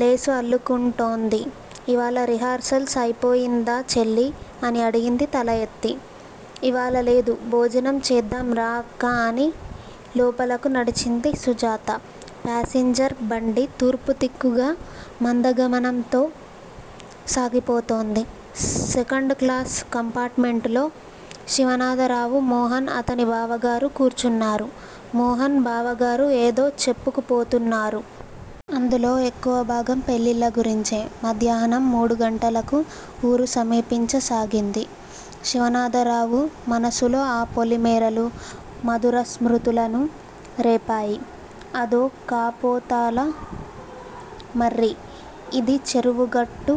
Lace అల్లుకుంటోంది. ఇవాళ rehearsals అయిపోయిందా చెల్లీ? అని అడిగింది తల ఎత్తి. ఇవాళ లేదు, భోజనం చేద్దాం రా అక్కా అని లోపలకు నడిచింది సుజాత. ప్యాసింజర్ బండి తూర్పుదిక్కుగా మందగమనంతో సాగిపోతోంది. సెకండుక్లాసు కంపార్టుమెంటులో శివనాథరావు, మోహన్, అతని బావగారూ కూర్చున్నారు. మోహన్, బావగారు ఏదో చెప్పుకుపోతున్నారు. అందులో ఎక్కువభాగం పెళ్ళిళ్ళగురించే. మధ్యాహ్నం మూడుగంటలకు ఊరు సమీపించసాగింది. శివనాథరావు మనసులో ఆ పొలిమేరలు మధురస్మృతులను రేపాయి. అదో కపోతాల మర్రి ఇది చెరువుగట్టు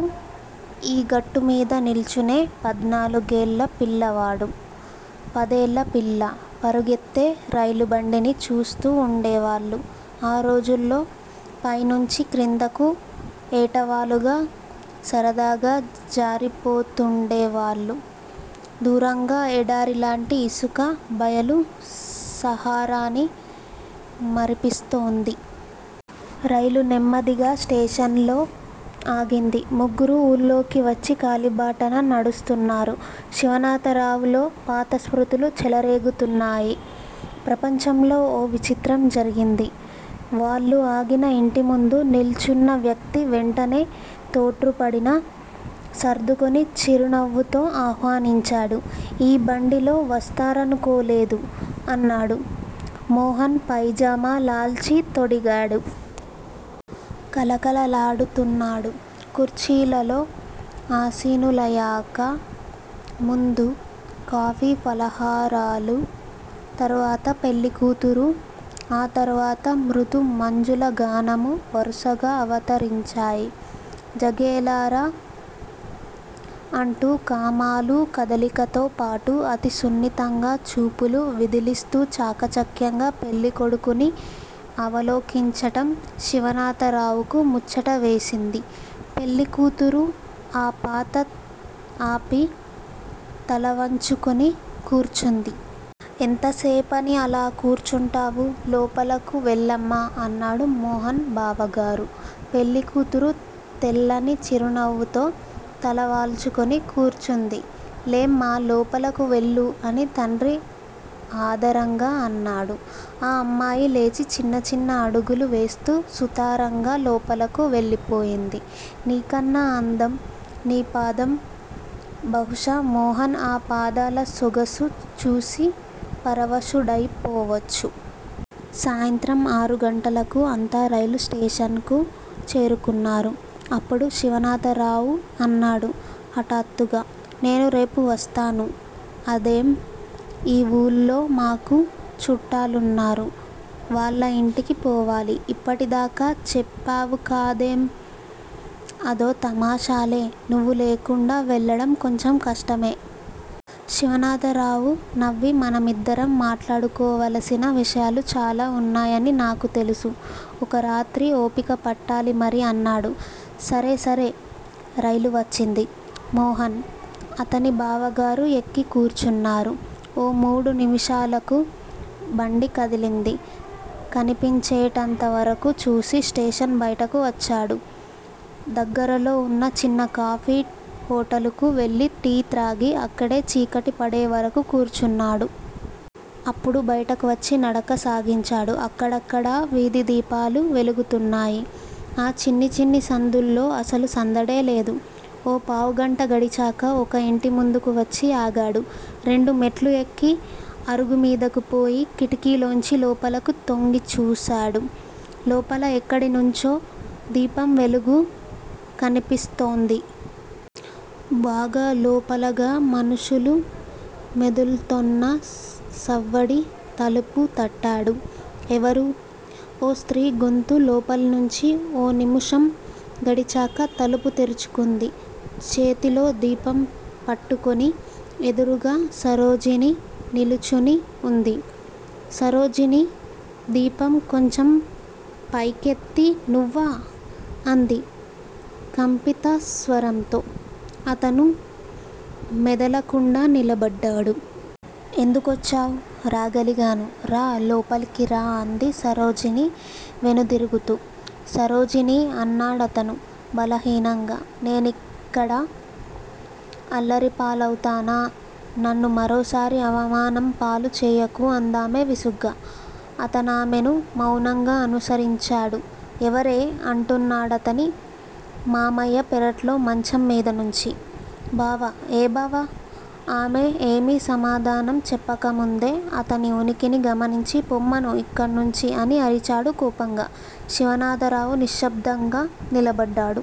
ఈ గట్టుమీద నిల్చునే పధ్నాలుగేళ్ళ పిల్లవాడూ, పదేళ్ళపిల్లా పరుగెత్తే రైలుబండిని చూస్తూ వుండేవాళ్ళు ఆ రోజుల్లో పైనుంచి క్రిందకు ఏటవాలుగా, సరదాగా జారిపోతూండేవాళ్ళు దూరంగా ఎడారిలాంటి ఇసుక బయలు సహారాని మరిపిస్తోంది. రైలు నెమ్మదిగా స్టేషనులో ఆగింది. ముగ్గురూ ఊళ్ళోకివచ్చి కాలిబాటన నడుస్తున్నారు. శివనాథరావులో పాత స్మృతులు చెలరేగుతున్నాయి. ప్రపంచంలో ఓ విచిత్రం జరిగింది వాళ్ళు ఆగిన ఇంటిముందు నిల్చున్న వ్యక్తి వెంటనే తొట్రుపడినా, సర్దుకుని చిరునవ్వుతో ఆహ్వానించాడు. 'ఈ బండిలో వస్తారనుకోలేదు' అన్నాడు. మోహన్ పైజామా లాల్చి తొడిగాడు. కళకళలాడుతున్నాడు. కుర్చీలలో ఆసీనులయాక, ముందు కాఫీ ఫలహారాలూ, తరువాత పెళ్ళి కూతురూ, ఆ తరువాత మృదు మంజులగానమూ వరుసగా అవతరించాయి. 'జగేలారా' అంటూ కామాలూ, కదలికతోపాటూ అతి సున్నితంగా చూపులూ విదిలిస్తూ చాకచక్యంగా పెళ్ళికొడుకుని అవలోకించటం శివనాథ రావుకు ముచ్చటవేసింది. పెళ్ళికూతురు ఆ పాత ఆపి తలవంచుకుని కూర్చుంది. 'ఎంతసేపని అలా కూర్చుంటావు? లోపలకు వెళ్ళమ్మా' అన్నాడు మోహన్ బావగారు. పెళ్ళికూతురు తెల్లని చిరునవ్వుతో తల వాల్చుకుని కూర్చుంది. లేమ్మా, లోపలకు వెళ్ళు అని తండ్రి ఆదరంగా అన్నాడు. ఆ అమ్మాయి లేచి చిన్నచిన్న అడుగులు వేస్తూ సుతారంగా లోపలకు వెళ్ళిపోయింది. 'నీకన్నా అందం నీ పాదం' బహుశా మోహన్ ఆ పాదాలసొగసు చూసి పరవశుడైపోవచ్చు. సాయంత్రం ఆరుగంటలకు అంతా రైలు స్టేషన్ కు చేరుకున్నారు. అప్పుడు శివనాథరావు అన్నాడు హఠాత్తుగా 'నేను రేపు వస్తాను. ' అదేం? ఈ ఊళ్ళో మాకు చుట్టాలున్నారు. వాళ్ళ యింటికి పోవాలి. ఇప్పటిదాకా చెప్పావు కాదేం? అదో తమాషాలే. నువ్వు లేకుండా వెళ్ళడం కొంచెం కష్టమే. శివనాథరావు నవ్వి మనమిద్దరం మాట్లాడుకోవలసిన విషయాలు చాలా వున్నాయని నాకుతెలుసు. ఒకరాత్రి ఓపిక పట్టాలి మరి అన్నాడు. సరే, సరే. రైలు వచ్చింది. మోహన్, అతని బావగారు ఎక్కి కూర్చున్నారు. ఓ మూడు నిముషాలకు బండి కదిలింది. కనిపించేటంతవరకూ చూసి స్టేషన్ బయటకు వచ్చాడు. దగ్గరలో వున్న చిన్న కాఫీ హోటలుకు వెళ్ళి టీత్రాగి, అక్కడే చీకటి పడేవరకూ కూర్చున్నాడు. అప్పుడు బయటకు వచ్చి నడక సాగించాడు. అక్కడక్కడా వీధిదీపాలు వెలుగుతున్నాయి. ఆ చిన్నిచిన్ని సందుల్లో అసలు సందడే లేదు. ఓ పావుగంట గడిచాక ఒక యింటిముందుకు వచ్చి ఆగాడు. రెండు మెట్లుఎక్కి అరుగుమీదకు పోయి కిటికీలోంచి లోపలకు తొంగి చూశాడు. లోపల ఎక్కడినుంచో దీపం వెలుగు కనిపిస్తోంది. బాగా లోపలగా మనుషులు మెదుల్తోన్న సవ్వడి తలుపు తట్టాడు. ఎవరూ? ఓ స్త్రీ గొంతు లోపలినుంచి ఓ నిముషం గడిచాక తలుపు తెరుచుకుంది చేతిలో దీపం పట్టుకుని ఎదురుగా సరోజిని నిలుచుని వుంది. సరోజిని దీపం కొంచెం పైకెత్తి నువ్వా? అంది కంపితస్వరంతో. అతను మెదలకుండా నిలబడ్డాడు. ఎందుకొచ్చావ్? రాగలిగాను. రా, లోపలికి రా అంది సరోజిని వెనుదిరుగుతూ. సరోజినీ అన్నాడతను బలహీనంగా నేనిక్కడ అల్లరిపాలవుతానా? నన్ను మరోసారి అవమానంపాలు చేయకు అందామె విసుగ్గా. అతనామెను మౌనంగా అనుసరించాడు. ఎవరే? అంటున్నాడతని మామయ్య పెరట్లో మంచం మీదనుంచి. బావ! ఏ బావ? ఆమె ఏమీ సమాధానం చెప్పకముందే, అతని ఉనికిని గమనించి పొమ్మను ఇక్కడినుంచి అని అరిచాడు కోపంగా. శివనాథరావు నిశ్శబ్దంగా నిలబడ్డాడు.